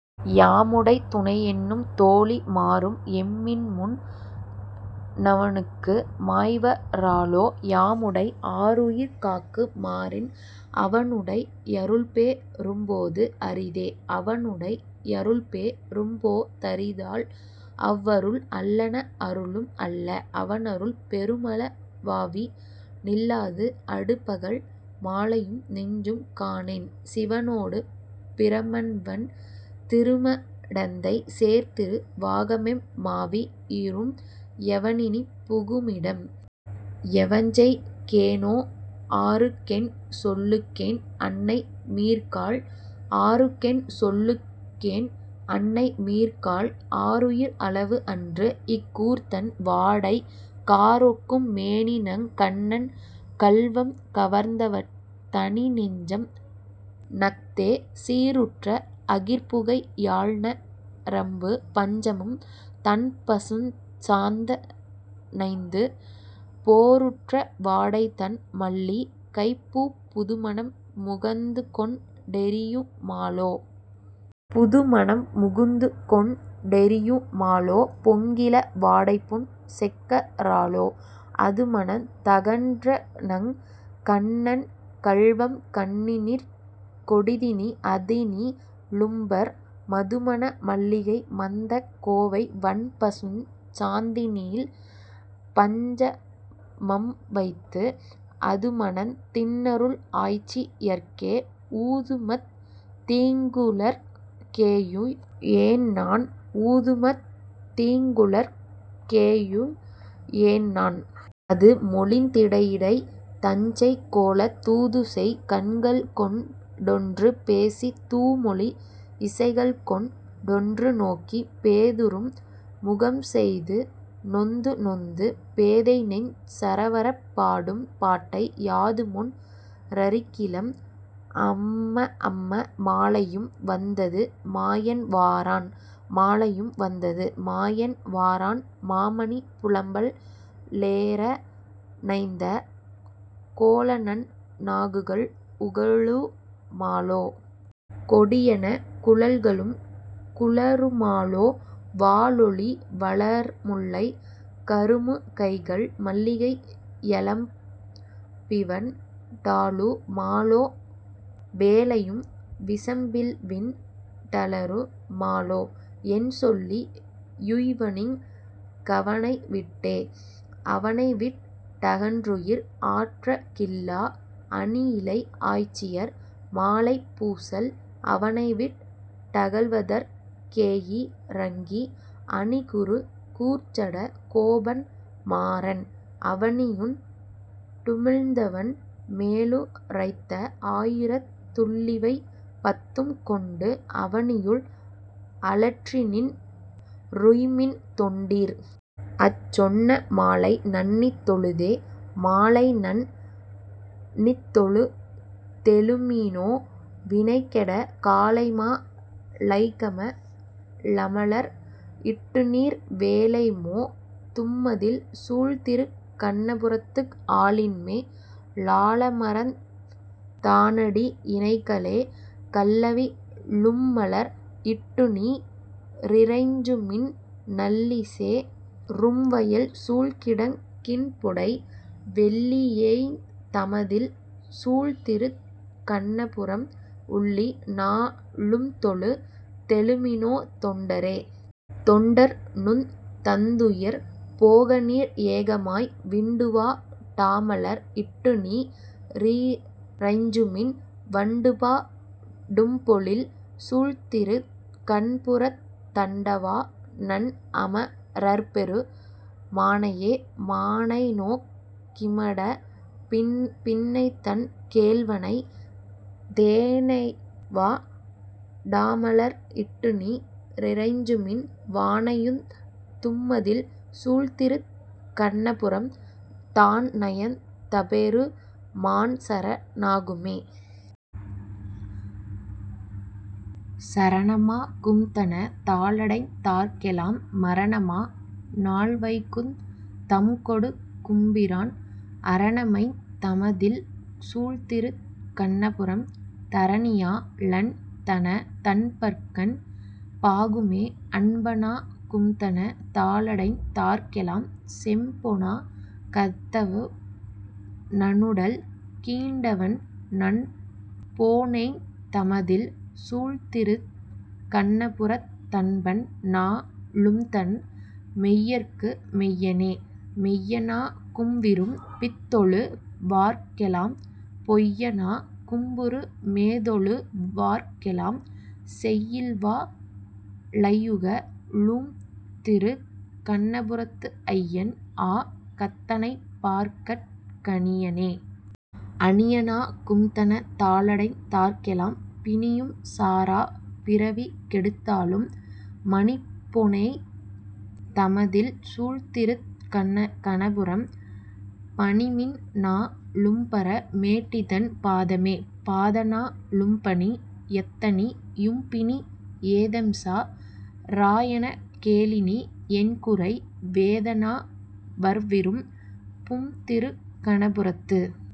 யாமுடை துணையென்னும் தோழி மாரும் எம்மின்முன் னவனுக்கு மாய்வ ராலோ, யாமுடை ஆருயிர் காக்கு மாறென்? அவனுடை யருள்பெ றும்போது அரிதே.. அவனுடை யருள்பெ றும்போ தரிதால் அவ்வருள் அல்லன அருளும் அல்ல, அவனருள் பெறுமள வாவி நில்லாது அடுபகல் மாலையும் நெஞ்சும் காணேன் சிவனொடு பிரமன்வண் திரும டந்தை சேர்திரு வாகமெம் மாவி யீரும், எவனினிப் புகுமிடம்? எவஞ்செய் கேனோ? ஆருக்கென் சொல்லுகேன் அன்னை மீர்காள்.. ஆருக்கென் சொல்லுகேன் அன்னை மீர்காள். ஆருயிர் அளவு அன்று இக்கூர்தண் வாடை, காரொக்கும் மேனிநங் கண்ணன் கள்வம் கவர்ந்தவத் தனிநெஞ்சம் ணஃதே, சீருற்ற அகிற்புகை யாழ்ந ரம்பு பஞ்சமம் தண்பசுஞ் சாந்த ணைந்து, போருற்ற வாடைதண் மல்லி கைப்பூப் புதுமணம் முகந்துகொண் டெறியு மாலோ.. புதுமணம் முகந்துகொண் டெறியு மாலோ. பொங்கிள வாடைபுன் செக்க ராலோ, அதுமணந் தகன்றநங் கண்ணன் கள்வம் கண்ணினிற் கொடிதினி அதனி லும்பர், மதுமன மல்லிகை மந்தக் கோவை வண்பசுஞ் சாந்தினில் பஞ்ச மம்வைத்து, அதுமணந் தின்னருள் ஆய்ச்சி யர்க்கே ஊதுமத் தீங்குழற் கேயுய் யேன்நான்.. ஊதுமத் தீங்குழற் கேயுய் யேன்நான். அதுமொழிந் திடையிடைத் தஞ்செய் கோலத், தூதுசெய் கண்கள்கொண் டொன்று பேசித் தூமொழி யிசைகள்கொண் டொன்று நோக்கி, பேதுறும் முகம்செய்து நொந்து நொந்து பேதைநெஞ் சறவறப் பாடும் பாட்டை, யாதுமொன் றறிகிலம் அம்ம அம்ம. மாலையும் வந்தது மாயன் வாரான்.. மாலையும் வந்தது மாயன் வாரான் மாமணி புலம்பல் லேற ணைந்த, கோலநன் னாகுகள் உகளு மாலோ. கொடியென குழல்களும் குழறுமாலோ, வாலொளி வளர்முல்லை கருமு கைகள் மல்லிகை யலம்பிவண் டாலு மாலோ, வேலையும் விசம்பில்விண் டலறு மாலோ. என்சொல்லி யுய்வனிங் கவனை விட்டே? அவனைவிட் டகன்றுயிர் ஆற்ற கில்லா அணியிழை ஆய்ச்சியர் மாலைப் பூசல், அவனைவிட் டகல்வதற் கேயி ரங்கி அணிகுரு கூர்ச்சட கோபன் மாறன், அவனியுண் டுமிழ்ந்தவன் மேலு ரைத்த ஆயிரத் துள்ளிவை பத்தும் கொண்டு, அவனியுள் அலற்றிநின் றுய்ம்மின் தொண்டீர். அச்சொன்ன மாலை நண்ணித் தொழுதே. மாலைநண் ணித்தொழு தெழுமினோ வினைகெட, காலைமா லைகம லமலர் இட்டுநீர், வேலைமோ தும்மதிள் சூழ்திருக் கண்ணபுரத்து, ஆலின்மே லாலமர்ந் தானடி யிணைகளே.. கள்ளவி ழும்மலர் இட்டுநீ ரிறைஞ்சுமின், நள்ளிசே ரும்வயல் சூழ்கிடங் கின்புடை, வெள்ளீயேய்ந் தமதிள் சூழ்திருக் கண்ணபுரம் உள்ளி, நா ளும்தொழு தெழுமினோ தொண்டரே.. தொண்டர். நுந் தந்துயர் போகநீர் ஏகமாய், விண்டுவா டாமலர் இட்டுநீ ரிறைஞ்சுமின், வண்டுபா டும்பொழில் சூழ்திருக் கண்புரத் தண்டவா ணன், அம ரர்பெரு மானையே.. மானைநோக் கிமடப் பின்னைதன் கேள்வனை, தேனைவா டாமலர் இட்டுநீ ரிறைஞ்சுமின், வானையுந் தும்மதிள் சூழ்திருக் கண்ணபுரம், தான் நயந் தபெரு மான் சர ணாகுமே.. சரணமா கும்தன தாளடைந் தார்க்கெலாம், மரணமா னால்வைகுந் தம்கொடுக் கும்பிரான், அரணமைந் தமதிள் சூழ்திருக் கண்ணபுரம், தரணியா ளன், தன தன்பர்க்கன் பாகுமே.. அன்பனா கும்தன தாளடைந் தார்க்கெலாம், செம்பொனா கத்தவு ணனுடல் கீண்டவன், நன்பொனேய்ந் தமதிள் சூழ்திருக் கண்ணபுரத் தன்பன், நா ளும்தன் மெய்யர்க்கு மெய்யனே.. மெய்யனா கும்விரும் பித்தொழு வார்க்கெலாம், பொய்யனா கும்புற மேதொழு வார்க்கெலாம், செய்யில்வா ளையுக ளும்திருக் கண்ணபுரத்து ஐயன், ஆ கத்தணைப் பார்கட் கணியனே.. அணியனா கும்தன தாளடைந் தார்க்கெலாம், பிணியும் சாரா பிறவி கெடுத்தாளும், மணிபொனேய்ந் தமதிள் சூழ்திருக் கணபுரம் பணிமின், நா ளும்பர மேட்டிதன் பாதமே.. பாதநா ளும்பணி யத்தணி யும்பிணி, ஏதம்சா ராஎனக் கேலினி யென்குறை?, வேதநா வர்விரும் பும்திருக் கணபுரத்து